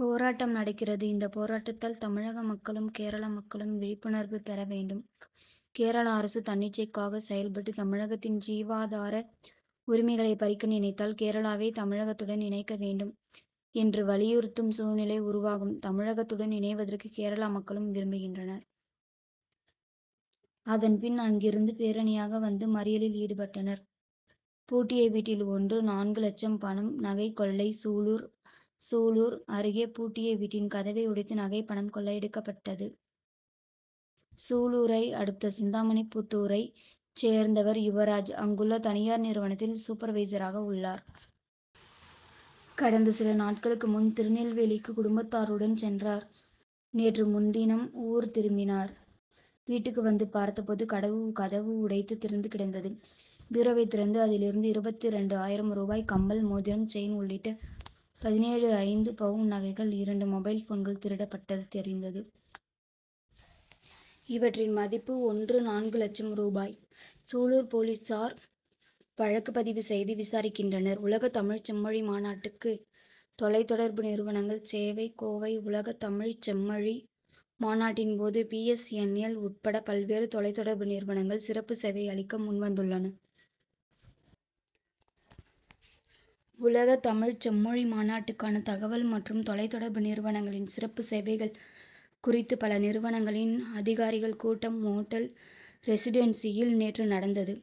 போராட்டம் நடக்கிறது. இந்த போராட்டத்தால் தமிழக மக்களும், கேரளா மக்களும் விழிப்புணர்வு பெற வேண்டும். கேரளா அரசு தன்னிச்சைக்காக செயல்பட்டு தமிழகத்தின் ஜீவாதார உரிமைகளை பறிக்க நினைத்தால், கேரளாவை தமிழகத்துடன் இணைக்க வேண்டும் என்று வலியுறுத்தும் சூழ்நிலை உருவாகும். தமிழகத்துடன் இணைவதற்கு கேரளா மக்களும் விரும்புகின்றனர். அதன்பின், அங்கிருந்து பேரணியாக வந்து மறியலில் ஈடுபட்டனர். பூட்டிய வீட்டில் ஒன்று.நான்கு லட்சம் பணம், நகை கொள்ளை சூலூர். சூலூர் அருகே பூட்டிய வீட்டின் கதவை உடைத்து நகை பணம் கொள்ளையடிக்கப்பட்டது. சூலூரை அடுத்த சிந்தாமணிப்புதூரைச் சேர்ந்தவர் யுவராஜ். அங்குள்ள தனியார் நிறுவனத்தில் சூபர்வைசராக உள்ளார். கடந்த சில நாட்களுக்கு முன் திருநெல்வேலிக்கு குடும்பத்தாருடன் சென்றார். நேற்று முன்தினம் ஊர் திரும்பினர். வீட்டுக்கு வந்து பார்த்தபோது, கடவு கதவு உடைத்து திறந்து கிடந்தது. பீரோவைத் திறந்து அதிலிருந்த இருபத்து இரண்டு ஆயிரம் ரூபாய், கம்மல், மோதிரம், செயின் உள்ளிட்ட பதினேழுஐந்து பவுன் நகைகள், இரண்டு மொபைல் போன்கள் திருடப்பட்டது தெரிந்தது. இவற்றின் மதிப்பு ஒன்று.நான்கு லட்சம் ரூபாய். சூலூர் போலீசார் வழக்கு பதிவு செய்து விசாரிக்கின்றனர். உலகத்தமிழ்ச் செம்மொழி மாநாட்டுக்கு தொலைத்தொடர்பு நிறுவனங்கள் சேவை கோவை உலகத்தமிழ்ச் செம்மொழி மாநாட்டின்போது பி. எஸ். என். எல்., உட்பட பல்வேறு தொலைத் தொடர்பு நிறுவனங்கள் சிறப்பு சேவை அளிக்க முன்வந்துள்ளன. உலகத்தமிழ்ச் செம்மொழி மாநாட்டுக்கான தகவல் மற்றும் தொலைத் தொடர்பு நிறுனங்களின் சிறப்பு சேவைகள் குறித்து, பல நிறுவனங்களின் அதிகாரிகள் கூட்டம் ஓட்டல் ரெசிடென்சியில் நேற்று நடந்தது.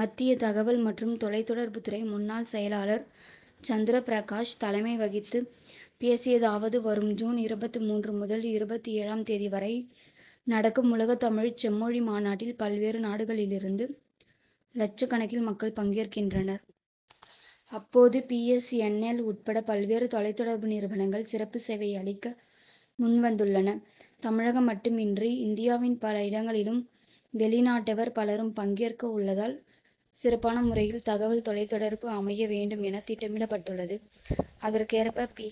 மத்திய தகவல் மற்றும் தொலைத் தொடர்புத்துறை முன்னாள் செயலாளர் சந்திர பிரகாஷ் தலைமை வகித்து பேசியதாவது. வரும் ஜூன் இருபத்து மூன்று முதல் இருபத்து ஏழு ம் தேதி வரை நடக்கும் உலகத்தமிழ்ச் செம்மொழி மாநாட்டில், பல்வேறு நாடுகளிலிருந்து லட்சக்கணக்கில் மக்கள் பங்கேற்கின்றனர். அப்போது பி. எஸ். என். எல்., உட்பட பல்வேறு தொலைத் தொடர்பு நிறுவனங்கள் சிறப்பு சேவை அளிக்க முன்வந்துள்ளன. தமிழகம் மட்டுமின்றி, இந்தியாவின் பல இடங்களிலும், வெளிநாட்டவர் பலரும் பங்கேற்க உள்ளதால் சிறப்பான முறையில் தகவல் தொலைத்தொடர்பு அமைய வேண்டும் என திட்டமிடப்பட்டுள்ளது. அதற்கேற்ப பி.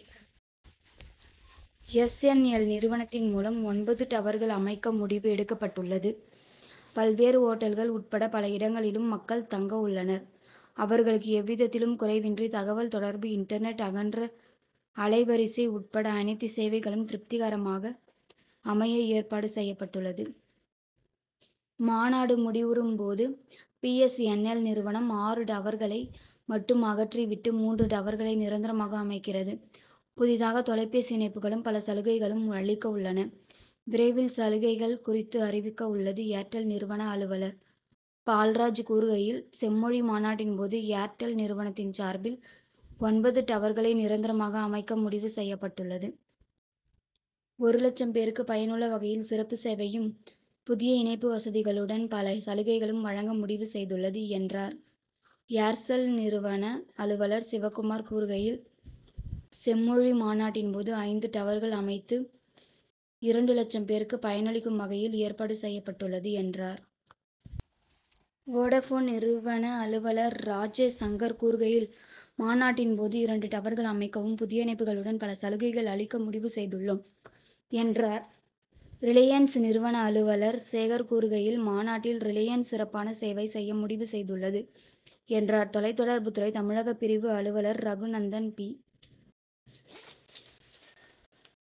எஸ். என். எல்., நிறுவனத்தின் மூலம் ஒன்பது டவர்கள் அமைக்க முடிவு எடுக்கப்பட்டுள்ளது. பல்வேறு ஓட்டல்கள் உட்பட பல இடங்களிலும் மக்கள் தங்க உள்ளனர். அவர்களுக்கு எவ்விதத்திலும் குறைவின்றி தகவல் தொடர்பு இன்டர்நெட், அகன்ற அலை வரிசை உட்பட அனைத்து சேவைகளும் திருப்திகரமாக அமைய ஏற்பாடு செய்யப்பட்டுள்ளது. மாநாடு முடிவுறும் போது பி. எஸ். என். எல்., நிறுவனம் ஆறு டவர்களை மட்டும் அகற்றி விட்டு, மூன்று டவர்களை நிரந்தரமாக அமைக்கிறது. புதிதாக தொலை பேசி இணைப்புகளும் பல சலுகைகளும் அளிக்க உள்ளன. விரைவில் சலுகைகள் குறித்து அறிவிக்க உள்ளது. ஏர் டெல்' நிறுவன அலுவலர் பால்ராஜ் கூறுகையில், செம்மொழி மாநாட்டின் போது ஏர் டெல் நிறுவனத்தின் சார்பில் ஒன்பது டவர்களை நிரந்தரமாக அமைக்க முடிவு செய்யப்பட்டுள்ளது. ஒரு லட்சம் பேருக்கு பயனுள்ள வகையில் சிறப்பு சேவையும், புதிய இணைப்பு வசதிகளுடன், பல சலுகைகளும் வழங்க முடிவு செய்துள்ளது, என்றார். ஏர் செல்' நிறுவன அலுவலர் சிவக்குமார் கூறுகையில், செம்மொழி மாநாட்டின் போது ஐந்து டவர்கள் அமைத்து, இரண்டு லட்சம் பேருக்கு பயனளிக்கும் வகையில் ஏற்பாடு செய்யப்பட்டுள்ளது, என்றார். வோடாபோன் நிறுவன அலுவலர் ராஜேஷ் சங்கர் கூறுகையில், மாநாட்டின் போது இரண்டு டவர்கள் அமைக்கவும், புதிய இணைப்புகளுடன் பல சலுகைகள் அளிக்க முடிவு செய்துள்ளோம், என்றார். ரிலையன்ஸ் நிறுவன அலுவலர் சேகர் கூறுகையில், மாநாட்டில் ரிலையன்ஸ் சிறப்பான சேவை செய்ய முடிவு செய்துள்ளது, என்றார். தொலைத் தொடர்புத் துறை தமிழக பிரிவு அலுவலர் ரகுநந்தன், பி.